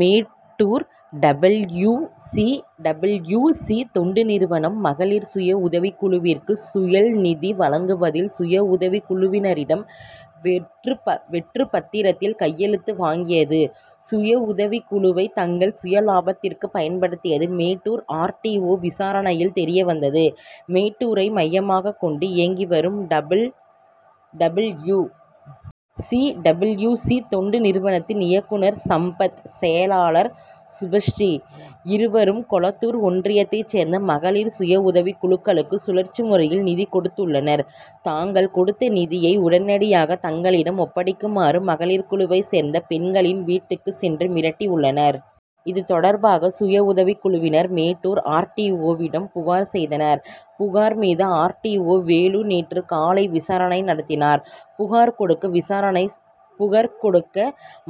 Mettur W. C. W. சி.தொண்டு நிறுவனம், மகளிர் சுய உதவி குழுவிற்கு சுழல்நிதி வழங்குவதில், சுய உதவி குழுவினரிடம் வெற்று பத்திரத்தில் கையெழுத்து வாங்கியது, சுயஉதவி குழுவை தங்கள் சுயலாபத்திற்கு பயன்படுத்தியது, மேட்டூர் ஆர். டி. ஓ.,விசாரணையில் தெரியவந்தது. மேட்டூரை மையமாக கொண்டு இயங்கி வரும் டபில்யூ. சி. டபில்யூ. சி. தொண்டு நிறுவனத்தின் இயக்குனர் சம்பத். செயலாளர் சுபஸ்ரீ. இருவரும் கொளத்தூர் ஒன்றியத்தை சேர்ந்த மகளிர் சுய உதவி குழுக்களுக்கு சுழற்சி முறையில் நிதி கொடுத்துள்ளனர். தாங்கள் கொடுத்த நிதியை உடனடியாக தங்களிடம் ஒப்படைக்குமாறு மகளிர் குழுவை சேர்ந்த பெண்களின் வீடுகளுக்கு சென்று மிரட்டியுள்ளனர். இதுதொடர்பாக சுயஉதவி குழுவினர் மேட்டூர் ஆர். டி. ஓ.விடம் புகார் செய்தனர். புகார் மீது ஆர். டி. ஓ. வேலு நேற்று காலை விசாரணை நடத்தினார். புகார் கொடுக்க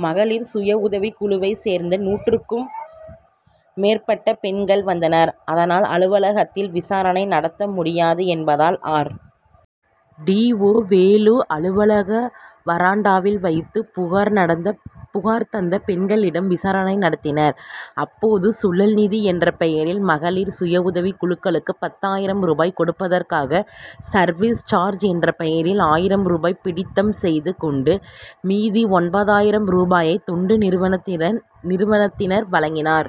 மகளிர் சுய உதவி குழுவை சேர்ந்த நூற்றுக்கும் மேற்பட்ட பெண்கள் வந்ததனர். அதனால், அலுவலகத்தில விசாரணை நடத்த முடியாது என்பதால், ஆர். டி. ஓ.வேலு அ லுவலக வராண்டாவில் வைத்து புகார் தந்த பெண்களிடம் விசாரணை நடத்தினார். அப்போது, சுழல்நிதி என்ற பெயரில் மகளிர் சுய உதவி குழுக்களுக்கு, பத்து ஆயிரம் ரூபாய் கொடுப்பதற்காக, சர்வீஸ் சார்ஜ் என்ற பெயரில் ஆயிரம் ரூபாய் பிடித்தம் செய்து கொண்டு, மீதி ஒன்பதாயிரம் ரூபாயை தொண்டு நிறுவனத்தினர் வழங்கினர்.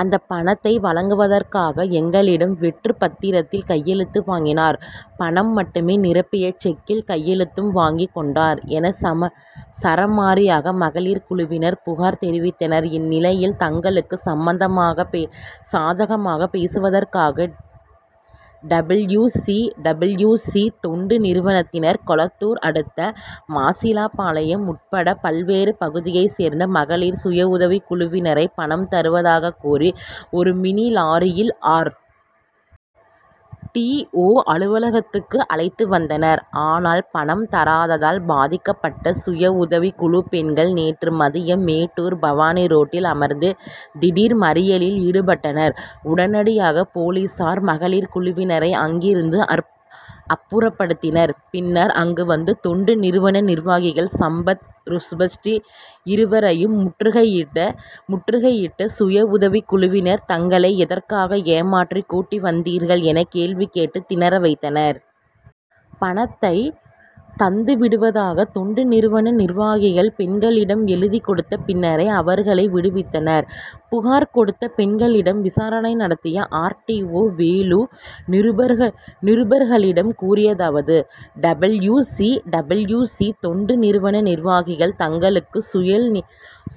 அந்த பணத்தை வழங்குவதற்காக எங்களிடம் வெற்று பத்திரத்தில் கையெழுத்து வாங்கினர். பணம் மட்டுமே நிரப்பிய செக்கில் கையெழுத்தும் வாங்கி கொண்டனர்' என சரமாரியாக மகளிர் குழுவினர் புகார் தெரிவித்தனர். இந்நிலையில், தங்களுக்கு சாதமாக பேசுவதற்காக டபில்யூ. சி. டபில்யூ. சி.தொண்டு நிறுவனத்தினர், கொளத்தூர் அடுத்த மாசிலாபாளையம் உள்பட பல்வேறு பகுதியை சேர்ந்த மகளிர் சுய உதவி குழுவினரை, பணம் தருவதாக கூறி ஒரு மினி லாரியில் ஆர். டி. ஓ., அலுவலகத்துக்கு அழைத்து வந்தனர். ஆனால், பணம் தராததால் பாதிக்கப்பட்ட சுயஉதவி குழு பெண்கள் நேற்று மதியம் மேட்டூர்-பவானி ரோட்டில் அமர்ந்து திடீர் மறியலில் ஈடுபட்டனர். உடனடியாக போலீஸார், மகளிர் குழுவினரை அங்கிருந்து அப்புறப்படுத்தினர். பின்னர் அங்கு வந்த தொண்டு நிறுவன நிர்வாகிகள் சம்பத், சுபஸ்ரீ இருவரையும் முற்றுகையிட்ட சுய உதவி குழுவினர், தங்களை எதற்காக ஏமாற்றி கூட்டி வந்தீர்கள் என கேள்வி கேட்டு தினறவைத்தனர். பணத்தை தந்து விடுவதாக தொண்டு நிறுவன நிர்வாகிகள் பெண்களிடம் எழுதி கொடுத்த பின்னரே அவர்களை விடுவித்தனர். புகார் கொடுத்த பெண்களிடம் விசாரணை நடத்திய ஆர். டி. ஓ. வேலு நிருபர்களிடம் கூறியதாவது:டபில்யூ. C., W. சி. தொண்டு நிறுவன நிர்வாகிகள், தங்களுக்கு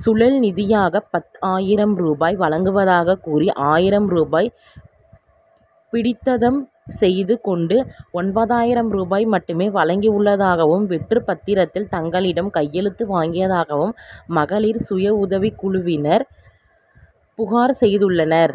சுழல்நிதியாக பத்து ஆயிரம் ரூபாய் வழங்குவதாக கூறி ஆயிரம் ரூபாய் பிடித்தம் செய்து கொண்டு ஒன்பதாயிரம் ரூபாய் மட்டுமே வழங்கியுள்ளதாகவும், வெற்றுபத்திரத்தில் தங்களிடம் கையெழுத்து வாங்கியதாகவும் மகளிர் சுய உதவி குழுவினர் புகார் செய்துள்ளனர்.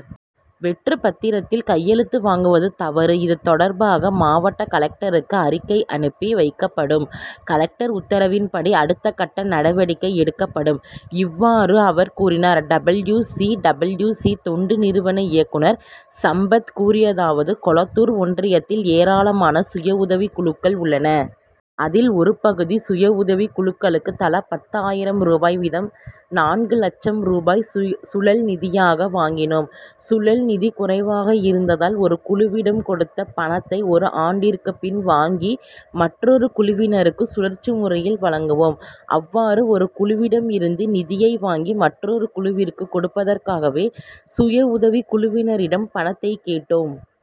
வெற்று பத்திரத்தில் கையெழுத்து வாங்குவது தவறு. இதுதொடர்பாக மாவட்ட கலெக்டருக்கு அறிக்கை அனுப்பி வைக்கப்படும். கலெக்டர் உத்தரவின்படி அடுத்தகட்ட நடவடிக்கை எடுக்கப்படும்இவ்வாறு அவர் கூறினார். டபில்யூ. சி. டபில்யூ. சி. தொண்டு நிறுவன இயக்குனர் சம்பத் கூறியதாவது: கொளத்தூர் ஒன்றியத்தில் ஏராளமான சுய உதவி குழுக்கள் உள்ளது. அதில், ஒருபகுதி சுய உதவி குழுக்களுக்கு தலா பத்து ஆயிரம் ரூபாய் வீதம் நான்கு லட்சம் ரூபாய் சுழல்நிதியாக வழங்கினோம். சுழல்நிதி குறைவாக இருந்ததால், ஒரு குழுவிடம் கொடுத்த பணத்தை, ஒரு ஆண்டிற்கு பின் வாங்கி மற்றொரு குழுவினருக்கு சுழற்சி முறையில் வழங்குவோம். அவ்வாறு ஒரு குழுவிடம் இருந்து நிதியை வாங்கி மற்றொரு குழுவிற்கு கொடுப்பதற்காகவே, சுயஉதவி குழுவினரிடம் பணத்தை கேட்டோம்.